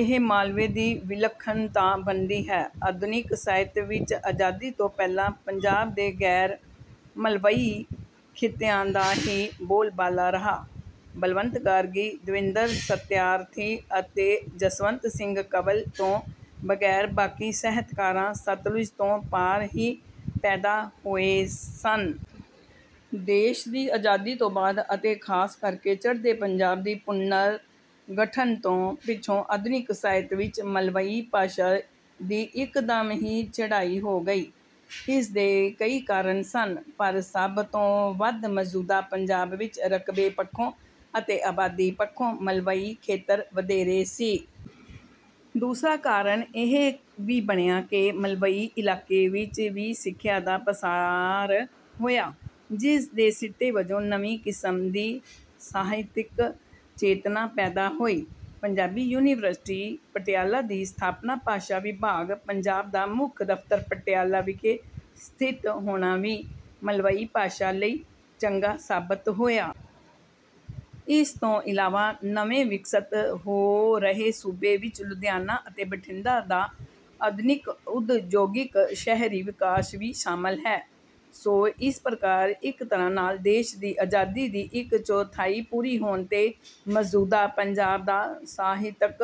ਇਹ ਮਾਲਵੇ ਦੀ ਵਿਲੱਖਣਤਾ ਬਣਦੀ ਹੈ। ਆਧੁਨਿਕ ਸਾਹਿਤ ਵਿੱਚ ਆਜ਼ਾਦੀ ਤੋਂ ਪਹਿਲਾਂ ਪੰਜਾਬ ਦੇ ਗੈਰ ਮਲਵਈ ਖਿੱਤਿਆਂ ਦਾ ਹੀ ਬੋਲਬਾਲਾ ਰਿਹਾ। ਬਲਵੰਤ ਗਾਰਗੀ ਦਵਿੰਦਰ ਸਤਿਆਰਥੀ ਅਤੇ ਜਸਵੰਤ ਸਿੰਘ ਕੰਵਲ ਤੋਂ ਬਗੈਰ ਬਾਕੀ ਸਾਹਿਤਕਾਰ ਸਤਲੁਜ ਤੋਂ ਪਾਰ ਹੀ ਪੈਦਾ ਹੋਏ ਸਨ। ਦੇਸ਼ ਦੀ ਆਜ਼ਾਦੀ ਤੋਂ ਬਾਅਦ ਅਤੇ ਖਾਸ ਕਰਕੇ ਚੜ੍ਹਦੇ ਪੰਜਾਬ ਦੀ ਪੁਨਰ ਗਠਨ ਤੋਂ ਪਿੱਛੋਂ ਆਧੁਨਿਕ ਸਾਹਿਤ ਵਿੱਚ ਮਲਵਈ ਭਾਸ਼ਾ ਦੀ ਇਕਦਮ ਹੀ ਚੜ੍ਹਾਈ ਹੋ ਗਈ। ਇਸ ਦੇ ਕਈ ਕਾਰਨ ਸਨ ਪਰ ਸਭ ਤੋਂ ਵੱਧ ਮੌਜੂਦਾ ਪੰਜਾਬ ਵਿੱਚ ਰਕਬੇ ਪੱਖੋਂ ਅਤੇ ਆਬਾਦੀ ਪੱਖੋਂ ਮਲਵਈ ਖੇਤਰ ਵਧੇਰੇ ਸੀ। ਦੂਸਰਾ ਕਾਰਨ ਇਹ ਵੀ ਬਣਿਆ ਕਿ ਮਲਵਈ ਇਲਾਕੇ ਵਿੱਚ ਵੀ ਸਿੱਖਿਆ ਦਾ ਪਸਾਰ ਹੋਇਆ ਜਿਸ ਦੇ ਸਿੱਟੇ ਵਜੋਂ ਨਵੀਂ ਕਿਸਮ ਦੀ ਸਾਹਿਤਕ ਚੇਤਨਾ ਪੈਦਾ ਹੋਈ। ਪੰਜਾਬੀ ਯੂਨੀਵਰਸਿਟੀ ਪਟਿਆਲਾ ਦੀ ਸਥਾਪਨਾ ਭਾਸ਼ਾ ਵਿਭਾਗ ਪੰਜਾਬ ਦਾ ਮੁੱਖ ਦਫਤਰ ਪਟਿਆਲਾ ਵਿਖੇ ਸਥਿਤ ਹੋਣਾ ਵੀ ਮਲਵਈ ਭਾਸ਼ਾ ਲਈ ਚੰਗਾ ਸਾਬਤ ਹੋਇਆ। ਇਸ ਤੋਂ ਇਲਾਵਾ ਨਵੇਂ ਵਿਕਸਤ ਹੋ ਰਹੇ ਸੂਬੇ ਵਿੱਚ ਲੁਧਿਆਣਾ ਅਤੇ ਬਠਿੰਡਾ ਦਾ ਆਧੁਨਿਕ ਉਦਯੋਗਿਕ ਸ਼ਹਿਰੀ ਵਿਕਾਸ ਵੀ ਸ਼ਾਮਲ ਹੈ। ਸੋ ਇਸ ਪ੍ਰਕਾਰ ਇੱਕ ਤਰ੍ਹਾਂ ਨਾਲ ਦੇਸ਼ ਦੀ ਆਜ਼ਾਦੀ ਦੀ ਇੱਕ ਚੌਥਾਈ ਪੂਰੀ ਹੋਣ ਤੇ ਮੌਜੂਦਾ ਪੰਜਾਬ ਦਾ ਸਾਹਿਤਕ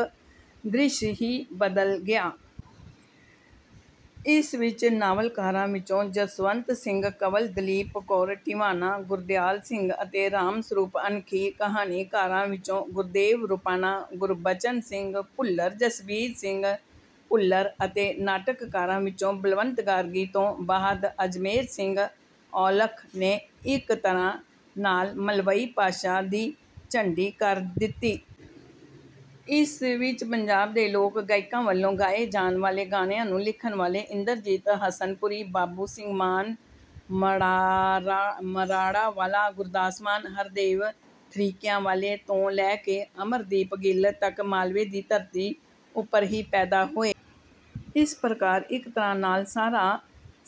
ਦ੍ਰਿਸ਼ ਹੀ ਬਦਲ ਗਿਆ। ਇਸ ਵਿੱਚ ਨਾਵਲਕਾਰਾਂ ਵਿੱਚੋਂ ਜਸਵੰਤ ਸਿੰਘ ਕੰਵਲ ਦਲੀਪ ਕੌਰ ਟਿਵਾਣਾ ਗੁਰਦਿਆਲ ਸਿੰਘ ਅਤੇ ਰਾਮ ਸਰੂਪ ਅਣਖੀ ਕਹਾਣੀਕਾਰਾਂ ਵਿੱਚੋਂ ਗੁਰਦੇਵ ਰੁਪਾਣਾ ਗੁਰਬਚਨ ਸਿੰਘ ਭੁੱਲਰ ਜਸਬੀਰ ਸਿੰਘ ਭੁੱਲਰ ਅਤੇ ਨਾਟਕਕਾਰਾਂ ਵਿੱਚੋਂ ਬਲਵੰਤ ਗਾਰਗੀ ਤੋਂ ਬਾਅਦ ਅਜਮੇਰ ਸਿੰਘ ਔਲਖ ਨੇ ਇੱਕ ਤਰ੍ਹਾਂ ਨਾਲ ਮਲਵਈ ਭਾਸ਼ਾ ਦੀ ਝੰਡੀ ਕਰ ਦਿੱਤੀ। ਇਸ ਵਿੱਚ ਪੰਜਾਬ ਦੇ ਲੋਕ ਗਾਇਕਾਂ ਵੱਲੋਂ ਗਾਏ ਜਾਣ ਵਾਲੇ ਗਾਣਿਆਂ ਨੂੰ ਲਿਖਣ ਵਾਲੇ ਇੰਦਰਜੀਤ ਹਸਨਪੁਰੀ ਬਾਬੂ ਸਿੰਘ ਮਾਨ ਮਰਾੜਾਂਵਾਲਾ ਗੁਰਦਾਸ ਮਾਨ ਹਰਦੇਵ ਥਰੀਕਿਆਂ ਵਾਲੇ ਤੋਂ ਲੈ ਕੇ ਅਮਰਦੀਪ ਗਿੱਲ ਤਕ ਮਾਲਵੇ ਦੀ ਧਰਤੀ ਉਪਰ ਹੀ ਪੈਦਾ ਹੋਏ। ਇਸ ਪ੍ਰਕਾਰ ਇੱਕ ਤਰ੍ਹਾਂ ਨਾਲ ਸਾਰਾ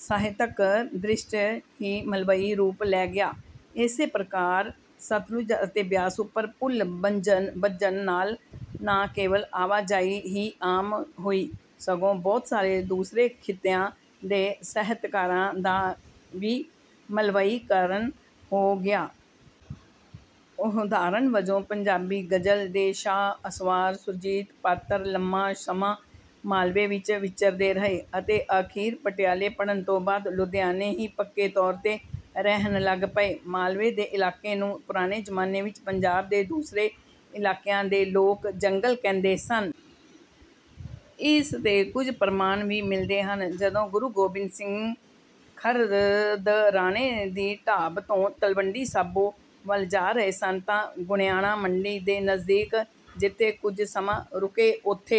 ਸਾਹਿਤਕ ਦ੍ਰਿਸ਼ ਹੀ ਮਲਵਈ ਰੂਪ ਲੈ ਗਿਆ। ਇਸੇ ਪ੍ਰਕਾਰ ਸਤਲੁਜ ਅਤੇ ਬਿਆਸ ਉਪਰ ਪੁਲ ਬੱਝਣ ਨਾਲ ਨਾ ਕੇਵਲ ਆਵਾਜਾਈ ਹੀ ਆਮ ਹੋਈ ਸਗੋਂ ਬਹੁਤ ਸਾਰੇ ਦੂਸਰੇ ਖਿੱਤਿਆਂ ਦੇ ਸਾਹਿਤਕਾਰਾਂ ਦਾ ਵੀ ਮਲਵਈਕਰਨ ਹੋ ਗਿਆ। ਉਦਾਹਰਨ ਵਜੋਂ ਪੰਜਾਬੀ ਗ਼ਜ਼ਲ ਦੇ ਸ਼ਾਹ ਅਸਵਾਰ ਸੁਰਜੀਤ ਪਾਤਰ ਲੰਮਾ ਸਮਾਂ ਮਾਲਵੇ ਵਿੱਚ ਵਿਚਰਦੇ ਰਹੇ ਅਤੇ ਅਖੀਰ ਪਟਿਆਲੇ ਪੜ੍ਹਨ ਤੋਂ ਬਾਅਦ ਲੁਧਿਆਣੇ ਹੀ ਪੱਕੇ ਤੌਰ ਤੇ ਰਹਿਣ ਲੱਗ ਪਏ। ਮਾਲਵੇ ਦੇ ਇਲਾਕੇ ਨੂੰ ਪੁਰਾਣੇ ਜ਼ਮਾਨੇ ਵਿੱਚ ਪੰਜਾਬ ਦੇ ਦੂਸਰੇ ਇਲਾਕਿਆਂ ਦੇ ਲੋਕ ਜੰਗਲ ਕਹਿੰਦੇ ਸਨ। ਇਸ ਦੇ ਕੁਝ ਪ੍ਰਮਾਣ ਵੀ ਮਿਲਦੇ ਹਨ। ਜਦੋਂ ਗੁਰੂ ਗੋਬਿੰਦ ਸਿੰਘ ਖਦਰਾਣੇ ਦੀ ਢਾਬ ਤੋਂ ਤਲਵੰਡੀ ਸਾਬੋ ਵੱਲ ਜਾ ਰਹੇ ਸਨ ਤਾਂ ਗੋਨਿਆਣਾ ਮੰਡੀ ਦੇ ਨਜ਼ਦੀਕ ਜਿੱਥੇ ਕੁਝ ਸਮਾਂ ਰੁਕੇ ਉਥੇ